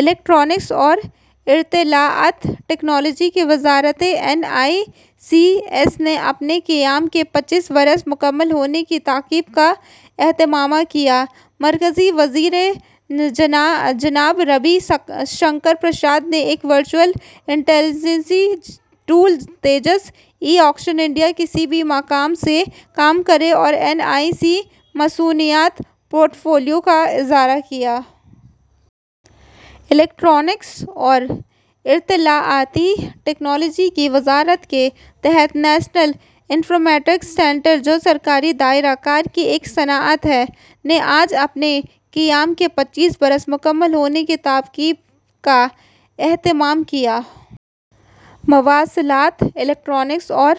Electronics اور اطلاعات technology کی وزارت این آئی سی ایس آئی نے اپنے قیام کے پچیس برس مکمل ہونے کی تقریب کا اہتمام کیا۔ مرکزی وزیر جناب روی شنکر پرساد نے ایک وِژول انٹیلی جنس tool Tejas, e action India, کسی بھی مقام سے کام کریں اور این آئی سی مصنوعات پورٹ فولیو کا اجرا کیا۔ الیکٹرانکس اور اطلاعاتی ٹیکنالوجی کی وزارت کے تحت نیشنل انفارمیٹکس سینٹر، جو سرکاری دائرہ کار کی ایک صنعت ہے، نے آج اپنے قیام کے پچیس برس مکمل ہونے کی تقریب کا اہتمام کیا۔ مواصلات، الیکٹرانکس اور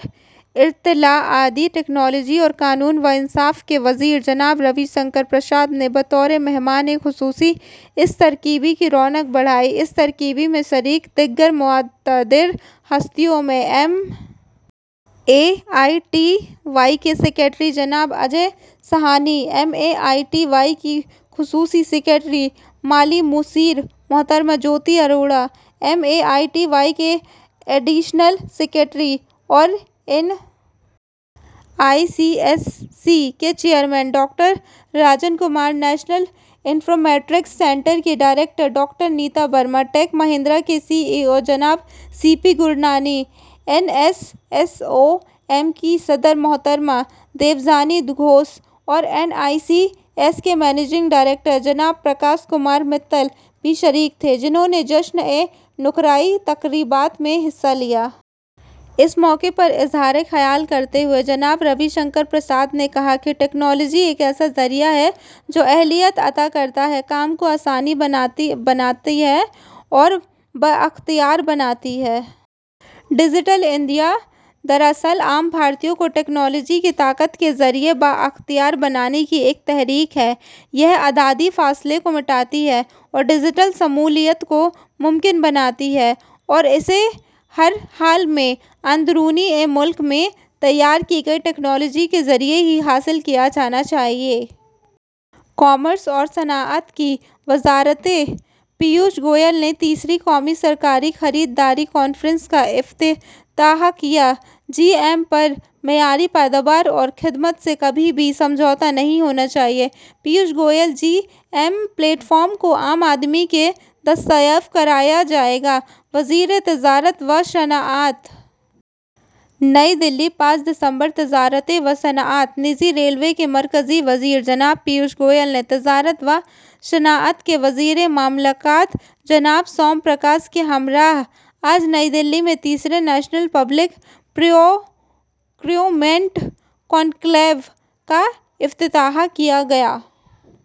اطلاعاتی ٹیکنالوجی اور قانون و انصاف کے وزیر جناب روی شنکر پرساد نے بطور مہمانِ خصوصی اس تقریب کی رونق بڑھائی۔ اس تقریب میں شریک دیگر مقتدر ہستیوں میں M E I T Y کے سیکریٹری جناب Ajay Sahni, M E I T Y کی خصوصی سیکریٹری اور مالی مشیر محترمہ Jyoti Arora, M E I T Y کے ایڈیشنل سیکریٹری اور N I C S I کے chairman doctor Rajan Kumar, national informatics centre کی director doctor Neeta Verma, Tech Mahindra کے سی ای او جناب C P Gurbani, N S S C O M کی صدر محترمہ دیوجانی گھوش اور N I C S I کے مینیجنگ ڈائریکٹر جناب پرکاش کمار متل بھی شریک تھے، جنہوں نے جشنِ نقرئی تقریبات میں حصہ لیا۔ اس موقع پر اظہارِ خیال کرتے ہوئے جناب روی شنکر پرساد نے کہا کہ ٹیکنالوجی ایک ایسا ذریعہ ہے جو اہلیت عطا کرتی ہے، کام کو آسان بناتی ہے اور بااختیار بناتی ہے۔ ڈیجیٹل انڈیا دراصل عام بھارتیوں کو ٹیکنالوجی کی طاقت کے ذریعے بااختیار بنانے کی ایک تحریک ہے۔ یہ اعدادی فاصلے کو مٹاتی ہے اور ڈیجیٹل شمولیت کو ممکن بناتی ہے اور اسے ہر حال میں اندرونِ ملک میں تیار کی گئی ٹیکنالوجی کے ذریعے ہی حاصل کیا جانا چاہیے۔ کامرس اور صنعت کی وزارت پیوش گوئل نے تیسری قومی سرکاری خریداری کانفرنس کا افتتاح کیا۔ جی ای ایم پر معیاری پیداوار اور خدمات سے کبھی سمجھوتہ نہیں ہونا چاہیے۔ Piyush Goyal G E M platform کو عام آدمی کو دستیاب کرایا جائے گا: وزیر تجارت و صنعت۔ نئی دہلی، پانچ دسمبر: تجارت و صنعت نیز ریلوے کے مرکزی وزیر جناب پیوش گوئل نے تجارت و صنعت کے وزیر مملکت جناب سوم پرکاش کے ہمراہ آج نئی دہلی میں تیسرے نیشنل پبلک پروکیورمنٹ کنکلیو کا افتتاح کیا۔